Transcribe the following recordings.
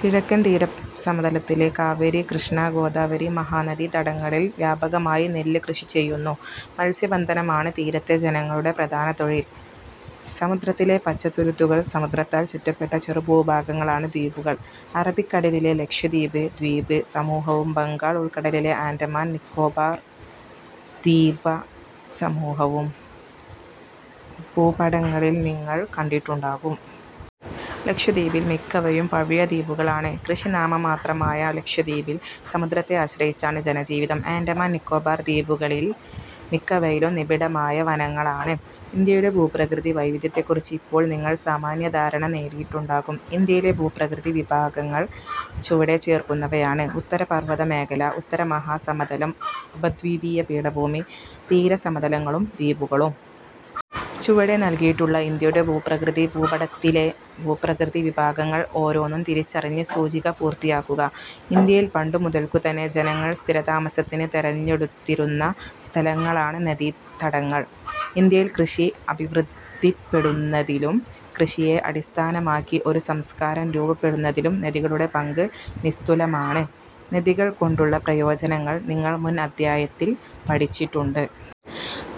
കിഴക്കൻ തീരസമതലത്തിലെ കാവേരി, കൃഷ്ണ, ഗോദാവരി, മഹാനദി തടങ്ങളിൽവ്യാപകമായി നെല്ല് കൃഷി ചെയ്യുന്നു. മത്സ്യ ബന്ധനമാണ് തീരത്തെ ജനങ്ങളുടെ പ്രധാന തൊഴിൽ. സമുദ്രത്തിലെ പച്ചത്തുരുത്തുകൾ സമുദ്രത്താൽ ചുറ്റപ്പെട്ട ചെറുഭൂഭാഗങ്ങളാണ് ദ്വീപുകൾ. അറബിക്കടലിലെ ലക്ഷദ്വീപ് ദ്വീപ് സമൂഹവും ബംഗാൾ ഉൾക്കടലിലെ ആൻഡമാൻ, നിക്കോബാർ ദ്വീപസമൂഹവും ഭൂപടങ്ങളിൽ നിങ്ങൾ കണ്ടിട്ടുണ്ടാകും. ലക്ഷദ്വീപിൽ മിക്കവയും പവിഴ ദ്വീപുകളാണ്. കൃഷി നാമ മാത്രമായ ലക്ഷദ്വീപിൽ സമുദ്രത്തെ ആശ്രയിച്ചാണ് ജനജീവിതം. ആൻഡമാൻ, നിക്കോബാർ ദ്വീപുകളിൽ മിക്കവയിലും നിബിഡമായ വനങ്ങളാണ്. ഇന്ത്യയുടെ ഭൂപ്രകൃതി വൈവിധ്യത്തെക്കുറിച്ച് ഇപ്പോൾ നിങ്ങൾ സാമാന്യധാരണ നേടിയിട്ടുണ്ടാകും. ഇന്ത്യയിലെ ഭൂപ്രകൃതി വിഭാഗങ്ങൾ ചുവടെ ചേർക്കുന്നവയാണ്. ഉത്തരപർവ്വതമേഖല, ഉത്തരമഹാസമതലം, ഉപദ്വീപീയ പീഠഭൂമി, തീരസമതലങ്ങളും ദ്വീപുകളും. ചുവടെ നൽകിയിട്ടുള്ള ഇന്ത്യയുടെ ഭൂപ്രകൃതി ഭൂപടത്തിലെ ഭൂപ്രകൃതി വിഭാഗങ്ങൾ ഓരോന്നും തിരിച്ചറിഞ്ഞ് സൂചിക പൂർത്തിയാക്കൂ. ഇന്ത്യയിൽ പണ്ടുമുതൽക്കുതന്നെ ജനങ്ങൾ സ്ഥിരതാമസത്തിന് തെരഞ്ഞെടുത്തിരുന്ന സ്ഥലങ്ങളാണ് നദീതടങ്ങൾ. ഇന്ത്യയിൽ കൃഷി അഭിവൃദ്ധിപ്പെടുന്നതിലും കൃഷിയെ അടിസ്ഥാനമാക്കി ഒരു സംസ്കാരം രൂപപ്പെടുന്നതിലും നദികളുടെ പങ്ക് നിസ്തുലമാണ്. നദികൾ കൊണ്ടുള്ള പ്രയോജനങ്ങൾ നിങ്ങൾ മുൻ അധ്യായത്തിൽ പഠിച്ചിട്ടുണ്ട്.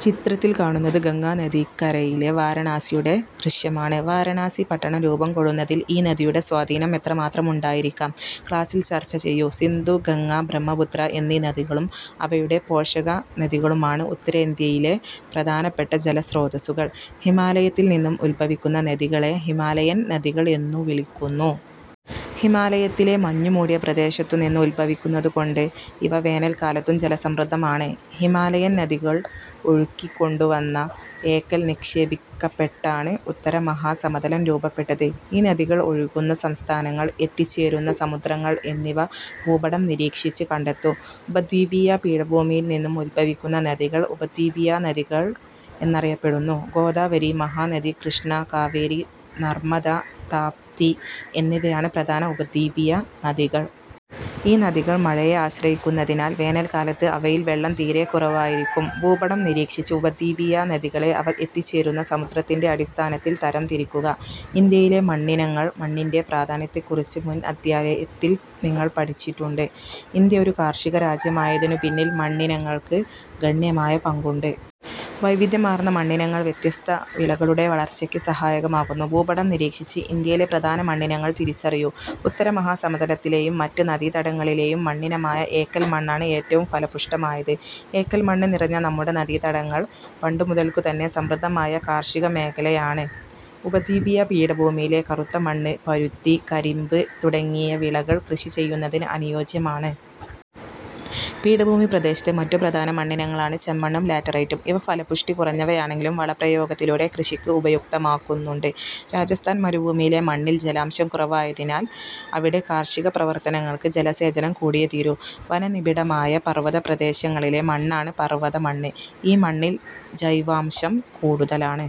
ചിത്രത്തിൽ കാണുന്നത് ഗംഗാ നദിക്കരയിലെ വാരണാസിയുടെ ദൃശ്യമാണ്. വാരണാസി പട്ടണം രൂപം കൊള്ളുന്നതിൽ ഈ നദിയുടെ സ്വാധീനം എത്രമാത്രം ഉണ്ടായിരിക്കാം? ക്ലാസിൽ ചർച്ച ചെയ്യൂ. സിന്ധു, ഗംഗ, ബ്രഹ്മപുത്ര എന്നീ നദികളും അവയുടെ പോഷക നദികളുമാണ് ഉത്തരേന്ത്യയിലെ പ്രധാനപ്പെട്ട ജലസ്രോതസുകൾ. ഹിമാലയത്തിൽനിന്നും ഉത്ഭവിക്കുന്ന നദികളെ ഹിമാലയൻ നദികൾ എന്നു വിളിക്കുന്നു. ഹിമാലയത്തിലെ മഞ്ഞുമൂടിയ പ്രദേശത്തുനിന്ന് ഉത്ഭവിക്കുന്നതുകൊണ്ട് ഇവ വേനൽക്കാലത്തും ജലസമൃദ്ധമാണ്. ഹിമാലയൻ നദികൾ ഒഴുക്കികൊണ്ടുവന്ന എക്കൽ നിക്ഷേപിക്കപ്പെട്ടാണ് ഉത്തരമഹാസമതലം രൂപപ്പെട്ടത്. ഈ നദികൾ ഒഴുകുന്ന സംസ്ഥാനങ്ങൾ, എത്തിച്ചേരുന്ന സമുദ്രങ്ങൾ എന്നിവ ഭൂപടം നിരീക്ഷിച്ച് കണ്ടെത്തൂ. ഉപദ്വീപീയ പീഠഭൂമിയിൽ നിന്നും ഉത്ഭവിക്കുന്ന നദികൾ ഉപദ്വീപീയ നദികൾ എന്നറിയപ്പെടുന്നു. ഗോദാവരി, മഹാനദി, കൃഷ്ണ, കാവേരി, നർമ്മദ, താപ്തി എന്നിവയാണ് പ്രധാന ഉപദ്വീപീയ നദികൾ. ഈ നദികൾ മഴയെ ആശ്രയിക്കുന്നതിനാൽ വേനൽക്കാലത്ത് അവയിൽ വെള്ളം തീരെ കുറവായിരിക്കും. ഭൂപടം നിരീക്ഷിച്ച് ഉപദ്വീപീയ നദികളെ അവ എത്തിച്ചേരുന്ന സമുദ്രത്തിന്റെ അടിസ്ഥാനത്തിൽ തരം തിരിക്കുക. ഇന്ത്യയിലെ മണ്ണിനങ്ങൾ മണ്ണിന്റെ പ്രാധാന്യത്തെക്കുറിച്ച് മുൻ അധ്യായത്തിൽ നിങ്ങൾ പഠിച്ചിട്ടുണ്ട്. ഇന്ത്യ ഒരു കാർഷിക രാജ്യമായതിനുപിന്നിൽ മണ്ണിനങ്ങൾക്ക് ഗണ്യമായ പങ്കുണ്ട്. വൈവിധ്യമാർന്ന മണ്ണിനങ്ങൾ വ്യത്യസ്ത വിളകളുടെ വളർച്ചയ്ക്ക് സഹായകമാകുന്നു. ഭൂപടം നിരീക്ഷിച്ച് ഇന്ത്യയിലെ പ്രധാന മണ്ണിനങ്ങൾ തിരിച്ചറിയൂ. ഉത്തരമഹാസമതലത്തിലെയും മറ്റ് നദീതടങ്ങളിലെയും മണ്ണിനമായ എക്കൽ മണ്ണാണ് ഏറ്റവും ഫലപുഷ്ടമായത്. എക്കൽ മണ്ണ് നിറഞ്ഞ നമ്മുടെ നദീതടങ്ങൾ പണ്ടുമുതൽക്കു തന്നെ സമൃദ്ധമായ കാർഷികമേഖലയാണ്. ഉപദ്വീപീയ പീഠഭൂമിയിലെ കറുത്തമണ്ണ് പരുത്തി, കരിമ്പ് തുടങ്ങിയ വിളകൾ കൃഷി ചെയ്യുന്നതിന് അനുയോജ്യമാണ്. പീഠഭൂമി പ്രദേശത്തെ മറ്റു പ്രധാന മണ്ണിനങ്ങളാണ് ചെമ്മണ്ണും ലാറ്ററൈറ്റും. ഇവ ഫലപുഷ്ടി കുറഞ്ഞവയാണെങ്കിലും വളപ്രയോഗത്തിലൂടെ കൃഷിക്ക് ഉപയുക്തമാക്കുന്നുണ്ട്. രാജസ്ഥാൻ മരുഭൂമിയിലെ മണ്ണിൽ ജലാംശം കുറവായതിനാൽ അവിടെ കാർഷിക പ്രവർത്തനങ്ങൾക്ക് ജല സേചനം കൂടിയേ തീരൂ. വനനിബിഡമായ പർവ്വത പ്രദേശങ്ങളിലെ മണ്ണാണ് പർവത മണ്ണ്. ഈ മണ്ണിൽ ജൈവാംശം കൂടുതലാണ്.